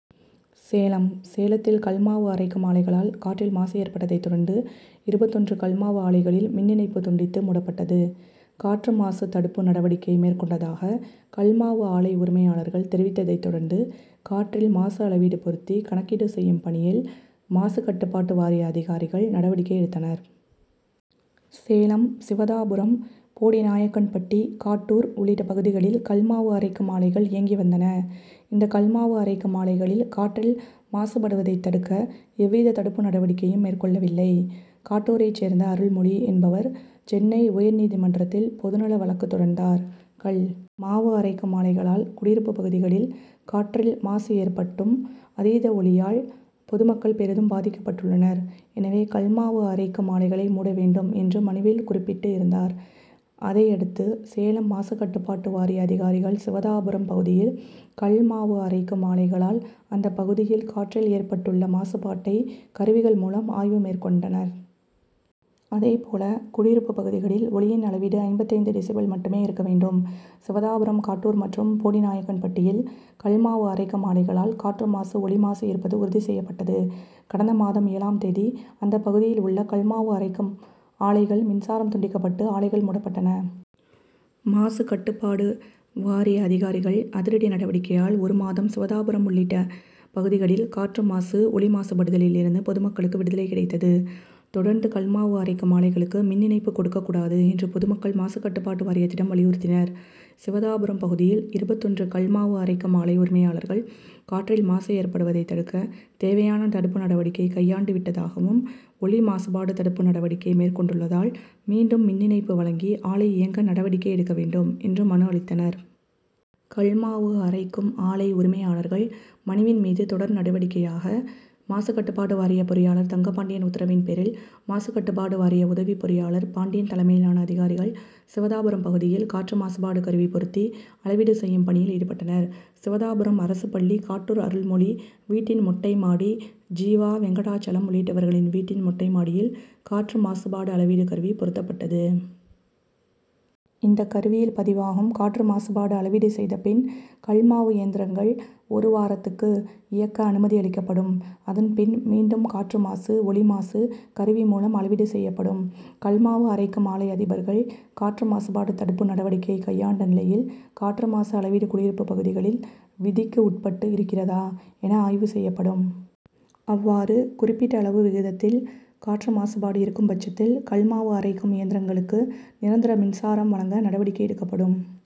சேலம் சேலத்தில் கல் மாவு அரைக்கும் ஆலைகளால் காற்றில் மாசு ஏற்பட்டதை தொடர்ந்து, இருபத்தொன்று கல் மாவு ஆலைகளில் மின் இணைப்பு துண்டித்து, மூடப்பட்டது. காற்று மாசு தடுப்பு நடவடிக்கை மேற்கொண்டதாக கல் மாவு ஆலை உரிமையாளர்கள் தெரிவித்ததை தொடர்ந்து, காற்றில் மாசு அளவீடு பொருத்தி கணக்கீடு செய்யும் பணியில் மாசுகட்டுப்பாடு வாரிய அதிகாரிகள் நடவடிக்கை எடுத்தனர். சேலம் சிவதாபுரம், போடிநாயக்கன்பட்டி, காட்டூர் உள்ளிட்ட பகுதிகளில் கல் மாவு அரைக்கும் ஆலைகள் இயங்கி வந்தன. இந்த கல் மாவு அரைக்கும் ஆலைகளில் காற்றில் மாசு படுவதை தடுக்க எவ்வித தடுப்பு நடவடிக்கையும் மேற்கொள்ளவில்லை. காட்டூரை சேர்ந்த அருள்மொழி என்பவர் சென்னை உயர் நீதிமன்றத்தில் பொது நல வழக்கு தொடர்ந்தார்.கல் மாவு அரைக்கும் ஆலைகளால் குடியிருப்பு பகுதிகளில் காற்றில் மாசு ஏற்பட்டும், அதீத ஒலியால் பொதுமக்கள் பெரிதும் பாதிக்கப்பட்டுள்ளனர். எனவே, கல் மாவு அரைக்கும் ஆலைகளை மூட வேண்டும் என்று மனுவில் குறிப்பிட்டு இருந்தார். அதையடுத்து, சேலம் மாசுகட்டுப்பாட்டு வாரிய அதிகாரிகள் சிவதாபுரம் பகுதியில கல் மாவு அரைக்கும் ஆலைகளால் அந்த பகுதியில் காற்றில் ஏற்பட்டுள்ள மாசுபாட்டை கருவிகள் மூலம் ஆய்வு மேற்கொண்டனர். அதேபோல, குடியிருப்பு பகுதிகளில் ஒலியின் அளவீடு ஐம்பத்தைந்து டெசிபல் மட்டுமே இருக்க வேண்டும். சிவதாபுரம், காட்டூர் மற்றும் போடிநாயக்கன்பட்டியில் கல் மாவு அரைக்கும் ஆலைகளால் காற்று மாசு, ஒலி மாசு இருப்பது உறுதி செய்யப்பட்டது. கடந்த மாதம் ஏழாம் தேதி அந்த பகுதியில் உள்ள கல் மாவு அரைக்கும் ஆலைகள் மின்சாரம் துண்டிக்கப்பட்டு, ஆலைகள் மூடப்பட்டன. மாசுகட்டுபாடு வாரிய அதிகாரிகள் அதிரடி நடவடிக்கையால் ஒரு மாதம் சிவதாபுரம் உள்ளிட்ட பகுதிகளில் காற்று மாசு, ஒலி மாசுபடுதலில் இருந்து பொதுமக்களுக்கு விடுதலை கிடைத்தது. தொடர்ந்து கல் மாவு அரைக்கும் ஆலைகளுக்கு மின் இணைப்பு கொடுக்க கூடாது என்று பொதுமக்கள் மாசுகட்டுப்பாடு வாரியத்திடம் வலியுறுத்தினர். சிவதாபுரம் பகுதியில் இருபத்தொன்று கல் மாவு அரைக்கும் ஆலை உரிமையாளர்கள், காற்றில் மாசு ஏற்படுவதை தடுக்க தேவையான தடுப்பு நடவடிக்கை கையாண்டு விட்டதாகவும், ஒலி மாசுபாடு தடுப்பு நடவடிக்கை மேற்கொண்டுள்ளதால், மீண்டும் மின் இணைப்பு வழங்கி ஆலை இயங்க நடவடிக்கை எடுக்க வேண்டும்' என்று மனு அளித்தனர். கல் மாவு அரைக்கும் ஆலை உரிமையாளர்கள் மனுவின் மீது தொடர் நடவடிக்கையாக மாசுகட்டுப்பாடு வாரிய பொறியாளர் தங்கபாண்டியன் உத்தரவின் பேரில் மாசுகட்டுப்பாடு வாரிய உதவி பொறியாளர் பாண்டியன் தலைமையிலான அதிகாரிகள் சிவதாபுரம் பகுதியில் காற்று மாசுபாடு கருவி பொருத்தி அளவீடு செய்யும் பணியில் ஈடுபட்டனர். சிவதாபுரம் அரசு பள்ளி, காட்டூர் அருள்மொழி வீட்டின் மொட்டை மாடி, ஜீவா, வெங்கடாச்சலம் உள்ளிட்டவர்களின் வீட்டின் மொட்டை மாடியில் காற்று மாசுபாடு அளவீடு கருவி பொருத்தப்பட்டது. இந்த கருவியில் பதிவாகும் காற்று மாசுபாடு அளவீடு செய்த பின், கல் மாவு இயந்திரங்கள் ஒரு வாரத்துக்கு இயக்க அனுமதி அளிக்கப்படும். அதன் பின், மீண்டும் காற்று மாசு, ஒலி மாசு கருவி மூலம் அளவீடு செய்யப்படும். கல் மாவு அரைக்கும் ஆலை அதிபர்கள் காற்று மாசுபாடு தடுப்பு நடவடிக்கை கையாண்ட நிலையில் காற்று மாசு அளவீடு குடியிருப்பு பகுதிகளில் விதிக்கு உட்பட்டு இருக்கிறதா என ஆய்வு செய்யப்படும். அவ்வாறு குறிப்பிட்ட அளவு விகிதத்தில் காற்று மாசுபாடு இருக்கும்பட்சத்தில் கல் மாவு அரைக்கும் இயந்திரங்களுக்கு நிரந்தர மின்சாரம் வழங்க நடவடிக்கை எடுக்கப்படும்.